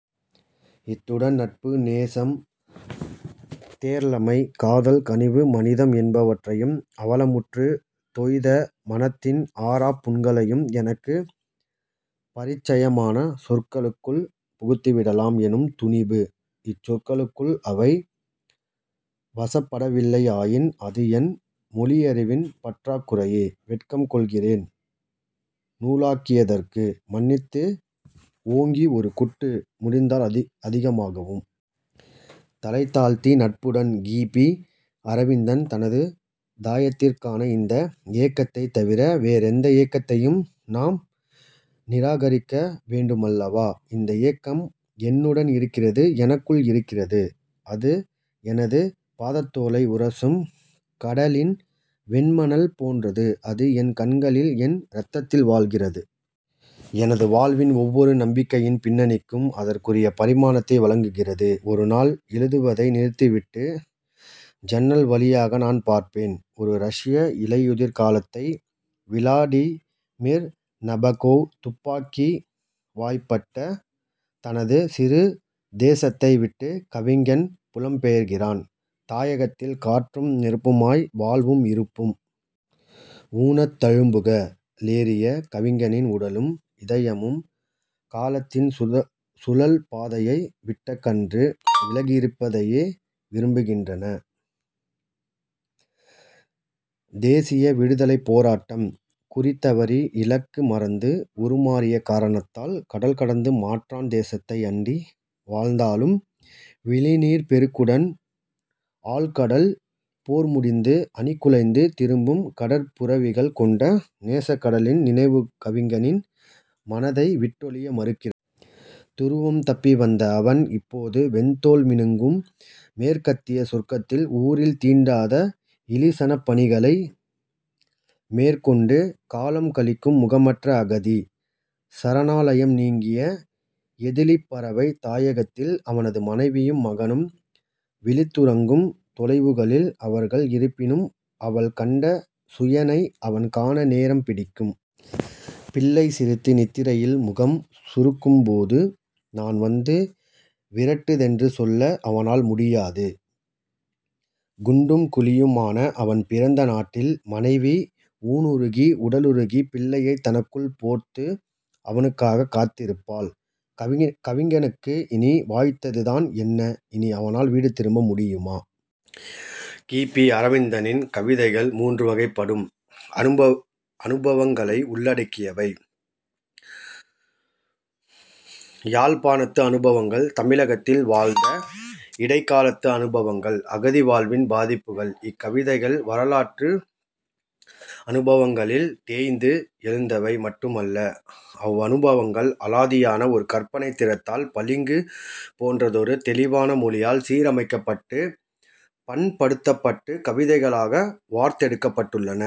இத்துடன் நட்பு, நேசம், தேர்ழமை, காதல், கனிவு, மனிதம் என்பவற்றையும், அவலமுற்று தொய்த மனத்தின் ஆறாப் புண்களையும் எனக்கு பரிச்சயமான சொற்களுக்குள் புகுத்திவிடலாம் எனும் துணிபு. இச் சொற்களுக்குள் அவை வசப்படவில்லையாயின் அது என் மொழியறிவின் பற்றாக் குறையே. வெட்கம் கொள்கிறேன். நூலாக்கியதற்கு மன்னித்து ஓங்கி ஒரு குட்டு, முடிந்தால் அதிகமாகவும். தலைதாழ்த்தி, நட்புடன் கி. பி. அரவிந்தன். தனது தாயத்திற்கான இந்த ஏக்கத்தைத் தவிர வேறெந்த ஏக்கத்தையும் நாம் நிராகரிக்க வேண்டுமல்லவா? இந்த ஏக்கம் என்னுடன் இருக்கிறது. எனக்குள் இருக்கிறது. அது எனது பாதத்தோலை உரசும் கடலின் வெண்மணல் போன்றது. அது என் கண்களில், என் இரத்தத்தில் வாழ்கிறது. எனது வாழ்வின் ஒவ்வொரு நம்பிக்கையின் பின்னணிக்கும் அதற்குரிய பரிமாணத்தை வழங்குகிறது. ஒருநாள், எழுதுவதை நிறுத்திவிட்டு ஜன்னல் வழியாக நான் பார்ப்பேன் ஒரு ரஷ்ய இலையுதிர் காலத்தை. விளாடிமிர் நபகோவ் "துப்பாக்கி வாய்ப்பட்ட" தனது "சிறு தேச"த்தை விட்டுக் கவிஞன் புலம்பெயர்கிறான். தாயகத்தில் "காற்றும் நெருப்புமாய், வாழ்வும் இருப்பும்". "ஊனத்தழும்புக"ளேறிய கவிஞனின் உடலும் இதயமும் காலத்தின் "சுழல்" பாதையை விட்டகன்று விலகியிருப்பதையே விரும்புகின்றன -தேசிய விடுதலைப் போராட்டம் குறிதவறி, இலக்கு மறந்து, உருமாறிய காரணத்தால். கடல் கடந்து மாற்றான் தேசத்தை அண்டி வாழ்ந்தாலும், "விழிநீர்ப் பெருக்குடனு ஆழ்கடல் போர் முடிந்து அணிகுலைந்து திரும்பும் கடற்புரவிகள்" கொண்ட 'நேசக்கடலின்' நினைவு கவிஞனின் மனத்தை விட்டொழிய மறுக்கிற. "துருவம் தப்பி வந்த" அவன், இப்போது "வெண்தோல் மினுங்கும்" மேற்கத்திய சொர்க்கத்தில் "ஊரில் தீண்டாத 'இழிசனப்' பணிகளை" மேற்கொண்டு காலம் கழிக்கும் முகமற்ற அகதி; சரணாலயம் நீங்கிய ஏதிலிப்பறவை. தாயகத்தில் அவனது மனைவியும் மகனும்; விழித்துறங்கும் தொலைவுகளில் அவர்கள் இருப்பினும், அவள் கண்ட சூயனை அவன் காண நேரம் பிடிக்கும். பிள்ளை சிரித்து நித்திரையில் முகம் சுருக்கும்போது, "நா வந்து விரட்டுதென்று" சொல்ல அவனால் முடியாது. "குண்டும் குழியுமான" அவன் பிறந்த நாட்டில் மனைவி" ஊனுருகி உடலுருகி" பிள்ளையைத் "தன்னுக்குள் போர்த்து" அவனுக்காகக் காத்திருப்பாள். கவிஞனுக்கு இனி வாய்த்ததுதான் என்ன? இனி அவனால் வீடு திரும்ப முடியுமா? கி. பி. அரவிந்தனின் கவிதைகள் மூன்று வகை அனுபவங்களை உள்ளடக்கியவை: யாழ்ப்பாணத்து அனுபவங்கள்; தமிழகத்தில் வாழ்ந்த இடைக்காலத்து அனுபவங்கள்; அகதிவாழ்வின் பாதிப்புகள். இக்கவிதைகள் வரலாற்றனுபவங்களில் தோய்ந்து எழுந்தவை மட்டுமல்ல. அவ்வனுபவங்கள் அலாதியான ஒரு கற்பனைத் திறத்தால், பளிங்கு போன்றதொரு தெளிவான மொழியால் சீரமைக்கப்பட்டு, பண்படுத்தப்பட்டுக் கவிதைகளாக வார்த்தெடுக்கப்பட்டுள்ளன.